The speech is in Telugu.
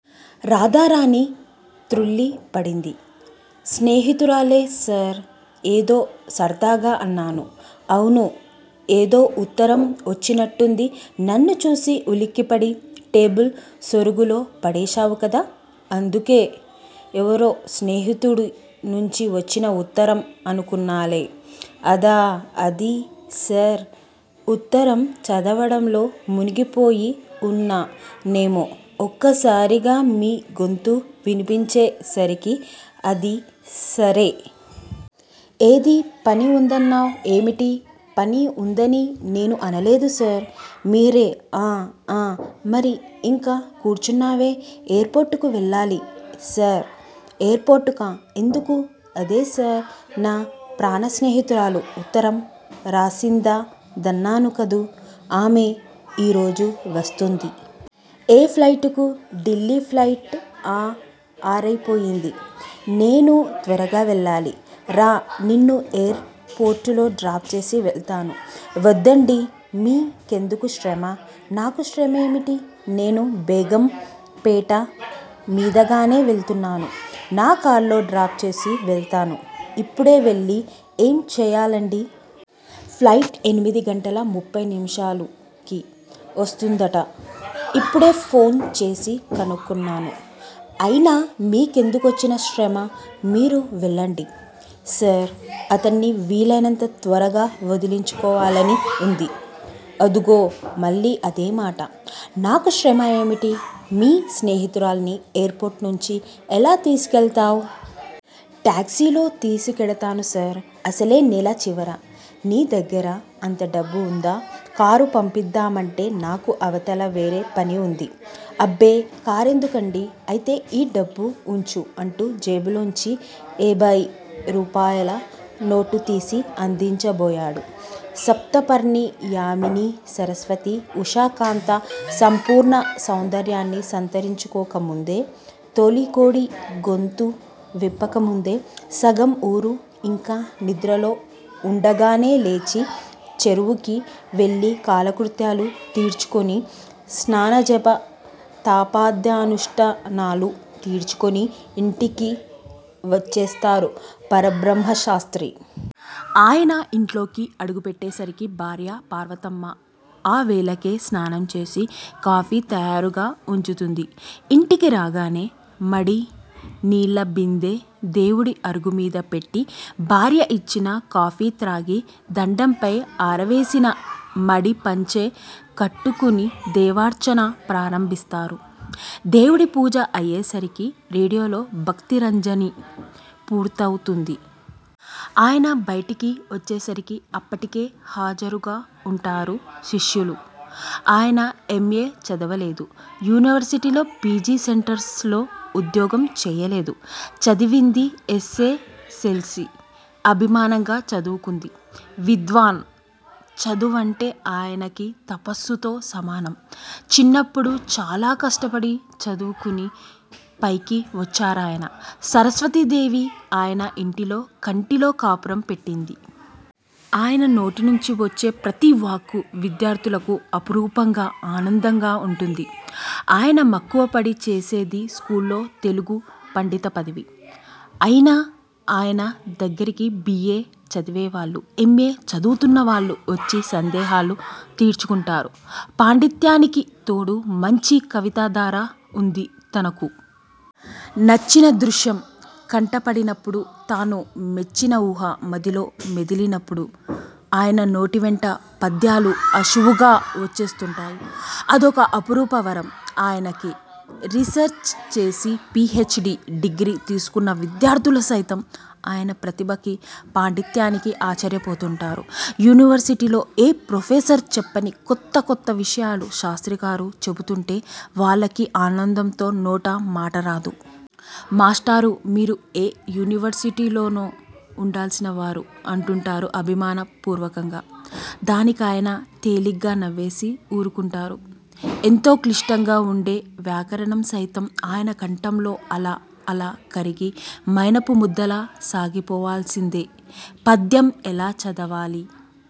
రాధారాణి తృళ్ళి పడింది. స్నేహితురాలే సార్! ఏదో సర్దాగా అన్నాను. అవునూ? ఏదోఉత్తరం వచ్చినట్టుంది? నన్ను చూసి ఉలిక్కిపడి టేబుల్ సొరుగులో పడేశావు కదా? అందుకే ఏవరో స్నేహితుడి నుంచి వచ్చిన ఉత్తరం అనుకున్నాలే! అదా! అది సార్ ఉత్తరం చదవడంలో మునిగిపోయి వున్నా నేమో- ఒక్కసారిగా మీ గొంతు విన్పించే సరికి అది సరే! ఏది పని ఉందన్నావ్? ఏమిటి? పని ఉందని నేను అనలేదు సార్! మీరే ఆ ఆ! మరి ఇంకా కూర్చున్నావే? ఎయిర్ పోర్టుకు వెళ్ళాలి సార్ ఎయిర్ పోర్టుకా? ఎందుకూ? అదే సార్! నా ప్రాణ స్నేహితురాలు ఉత్తరం రాసిందదన్నాను కదూ? ఆమె ఈ రోజు వస్తుంది. ఏ ప్లైటుకూ? ఢిల్లీ ప్లైట్! ఆ! ఆరయిపోయింది! నేను త్వరగా వెళ్ళాలి. రా! నిన్ను ఎయిర్ పోర్టులో డ్రాప్ చేసి వెళ్తాను. వద్దండీ! మీ కెందుకు శ్రమ? నాకు శ్రమేమిటి నేను బేగం పేట మీదగానే వెళ్తున్నాను. నా కార్లో డ్రాప్ చేసి వెళ్తాను. ఇప్పుడే వెళ్ళీ ఏం చెయ్యాలండీ? ప్లైట్ ఎనిమిది గంటల ముప్పై నిముషాలు కి వస్తుందట. ఇప్పుడే ఫోన్ చేసి కనుక్కొన్నాను. అయినా మీకెందుకొచ్చిన శ్రమా! మీరు వెళ్లండి సార్ అతడ్ని వీలయినంత త్వరగా వదిలించుకోవాలని ఉంది. అదుగో! మళ్ళీ అదేమాటా? నాకు శ్రమ ఏమిటి? మీ స్నేహితురాల్ని ఎయిర్ పోర్టునుంచి ఎలా తీసుకెళ్తవ్? టాక్సీలో తీసుకెడతాను సార్! అసలే నెల చివరా. నీ దగ్గర అంతడబ్బు ఉందా? కారు పంపిద్దామంటే నాకు అవతల వేరే పని ఉంది. అబ్బే! కారెందుకండీ! అయితే ఈ డబ్బు ఉంచు అంటూ జేబులోంచి ఏభయ్ రూపాయల నోటు తీసి అందించబోయాడు. సప్తపర్ణి యామినీ సరస్వతి ఉషాకాంత సంపూర్ణ సౌందర్యాన్ని సంతరించుకోకముందే తొలికోడి గొంతు విప్పకముందే, సగం వూరు యింకా నిద్రలో వుండగానే లేచి చెరువుకి వెళ్ళి కాలకృత్యాలు తీర్చుకుని, స్నానజప తపాధ్యనుష్టానాలు తీర్చుకుని యింటికి వచ్చేస్తారు పరబ్రహ్మశాస్త్రి. ఆయన యింట్లోకి అడుగుపెట్టేసరికి భార్య పార్వతమ్మ ఆ వేళకే స్నానం చేసి కాఫీ తయారుగా వుంచుతుంది. ఇంటికి రాగానే మడినీళ్ళ బిందె దేవుడి అరుగుమీద పెట్టి భార్య యిచ్చిన కాఫీ త్రాగి దండెంపై ఆరవేసిన మడి పంచె కట్టుకుని దేవతార్చన ప్రారంభిస్తారు. దేవుడి పూజ అయ్యేసరికి రేడియోలో భక్తిరంజని పూర్తవుతుంది. ఆయన బయటికి వచ్చేసరికి అప్పటికే హాజరుగా వుంటారు శిష్యులు. ఆయన ఎమ్. ఎ. చదవలేదు. యూనివర్శిటీలో పి. జి. సెంటర్స్ లో ఉద్యోగం చేయలేదు. చదివింది ఎసెసెల్సీ, అభిమానంగా చదువుకుంది విద్వాన్. చదువంటే ఆయనకి తపస్సుతో సమానం. చిన్నప్పుడు చాలా కష్టపడి చదువుకుని పైకివచ్చారాయన. సరస్వతీదేవి ఆయన ఇంటిలో కంటిలో కాపురం పెట్టింది. ఆయన నోటి నుంచి వచ్చే ప్రతివాక్కు విద్యార్ధులకు అపురూపంగా ఆనందంగా వుంటుంది. ఆయన మక్కువపడి చేసేది స్కూల్లో తెలుగు పండిత పదవి. అయినా ఆయనదగ్గరకి బి. ఏ. చదివేవాళ్ళు ఎమ్. ఎ చదువుతున్నవాళ్లూ వచ్చి సందేహాలు తీర్చుకుంటారు. పాండిత్యానికి తోడు మంచి కవితాధార వుంది తనకు. నచ్చిన దృశ్యం కంటబడినపుడు తాను మెచ్చిన వూహ మదిలో మెదిలినపుడు ఆయన నోటివెంట పద్యాలు ఆశువుగా వచ్చేస్తుంటాయి. అదొక అపురూప వరం ఆయనకి. రీసర్చ్ చేసి పి హెచ్. డి డిగ్రీ తీసుకున్న విద్యార్ధులు సైతం ఆయన ప్రతిభకి పాండిత్యానికీ ఆశ్చర్యపోతుంటారు. యూనివర్శిటీలో ఏ ప్రొఫెసరూ చెప్పని కొత్త కొత్త విషయాలు శాస్త్రిగారు చెపుతుంటే వాళ్ళకి ఆనందంతో నోట మాటరాదు. మాస్టారూ! మీరు ఏ యూనివర్శిటీలోనో ఉండాల్సినవారు అంటూంటారు అభిమాన పూర్వకంగా. దానికాయన తేలిగ్గా నవ్వేసి వూరుకుంటారు. ఎంతో క్లిష్టంగా వుండే వ్యాకరణం సైతం ఆయన కంఠంలో అలా అలా కరిగి మైనపు ముద్దలా సాగిపోవాల్సిందే పద్యం ఎలా చదవాలి